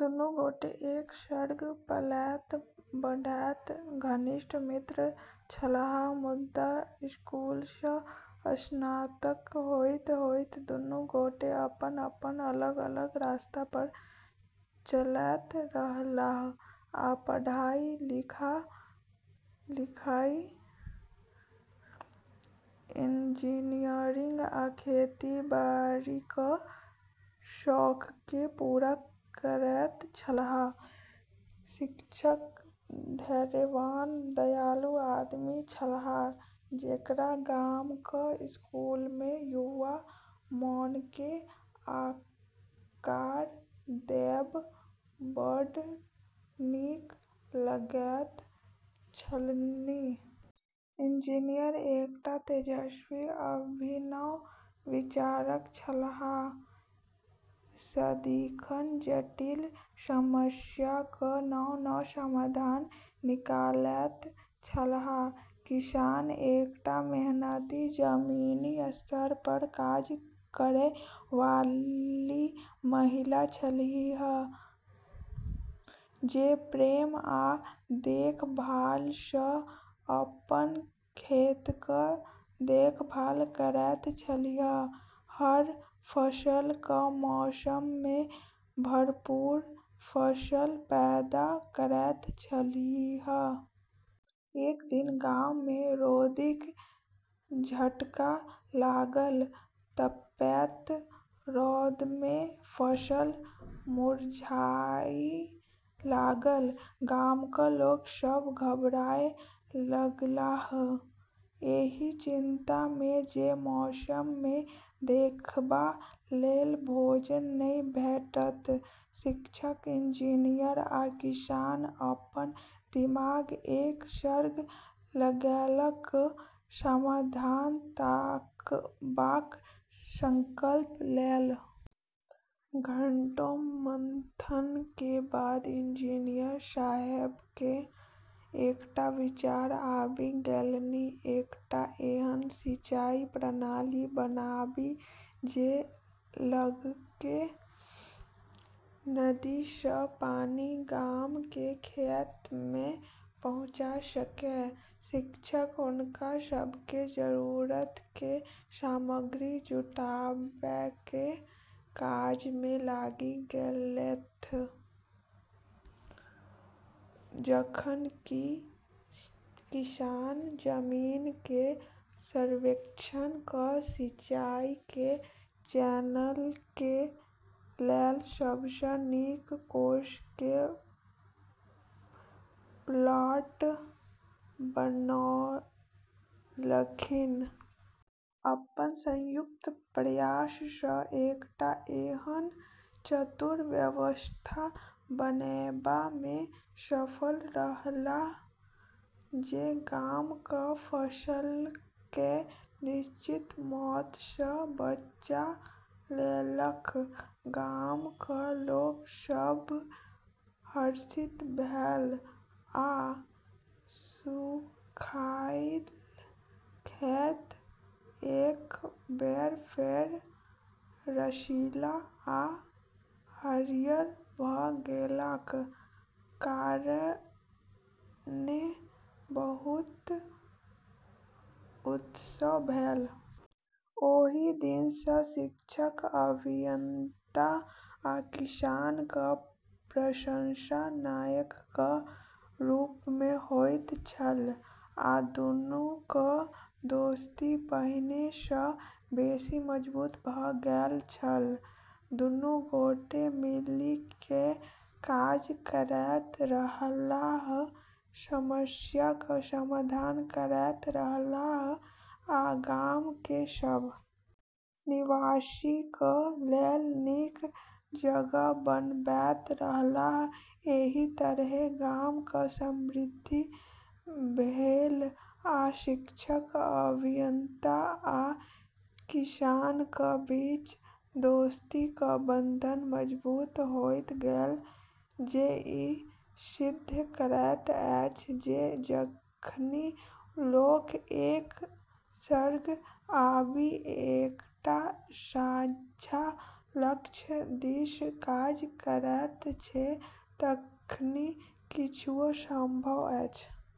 दुन्नू गोटे एक सङ्ग पलैत-बढ़ैत घनिष्ठ मित्र छलाह, मुदा स्कूलसँ स्नातक होइत-होइत दुन्नू गोटे अपन-अपन अलग-अलग रस्ता पर चलैत रहलाह आ पढ़ाइ -लिखाi -लिखाइ, इंजीनियरिंग, आ खेती-बाड़ीक शौककेँ पूरा करैत छलाह। शिक्षक धैर्यवान, दयालु आदमी छलाह, जेकरा गामक स्कूलमे युवा मोनकेँ आकार देब' बड्ड नीक लगैत छलनि। इंजीनियर एकटा तेजस्वी, अभिनव विचारक छलाह, सदिखन जटिल समस्याक नव-नव समाधान निकालैत छलाह। किसान एकटा मेहनती, जमीनी स्तर पर काज करय वाली महिला छलीह जे प्रेम आ देखभालसँ अपन खेतक देखभाल करैत छलीह, हर फसलक मौसममे भरपूर फसल पैदा करैत छलीह। एक दिन गाममे रौदीक झटका लागल, तपैत रौदमे फसल मुरझाइ लागल। गामक लोक सभ घबराए लगलाह, एहि चिन्तामे जे मौसममे देखबा लेल भोजन नहि भेटत। शिक्षक, इंजीनियर, आ किसान अपन दिमाग एक सङ्ग लगेलक, समाधान ताकबाक संकल्प लेल। घंटों मंथनके बाद इंजीनियर साहेबके एकटा विचार आबि गेलनि एकटा एहन सिंचाई प्रणाली बनाबी जे लगके नदीसँ पानि गामके खेतमे पहुँचा सकै। शिक्षक हुनका सबके जरूरतके सामग्री जुटाबैके काजमे लागि गेलैथ, जखन कि किसान जमीनके सर्वेक्षण क' सिंचाइके चैनलके लेल सबसँ नीक कोर्सके प्लॉट बनौलखिन। अपन संयुक्त प्रयाससँ एकटा एहन चतुर व्यवस्था बनेबामे सफल रहलाह जे गामक फसलके निश्चित मौतसँ बचा लेलक। गामक लोक सभ हर्षित भेल, आ सुखाइल खेत एक बेर फेर रसीला आ हरियर भ' गेलाक कारणेँ बहुत उत्सव भेल। ओहि दिनसँ शिक्षक, अभियंता, आ किसानक प्रशंसा नायकक रूपमे होइत छल, आ दुन्नूक दोस्ती पहिनेसँ बेशी मजबूत भ' गेल छल। दुनू गोटे मिलिके काज करैत रहलाह, समस्याक समाधान करैत रहलाह आ गामकेँ सभ निवासीक लेल नीक जगह बनबैत रहलाह एहि तरहेँ गामक समृद्धि भेल, आ शिक्षक, अभियंता, आ किसानक बीच दोस्तीक बंधन मजबूत होइत गेल, जे ई सिद्ध करैत अछि जे जखनि लोक एक सङ्ग आबि एकटा साझा लक्ष्य दिस काज करैत छै तखनि किछुओ संभव अछि।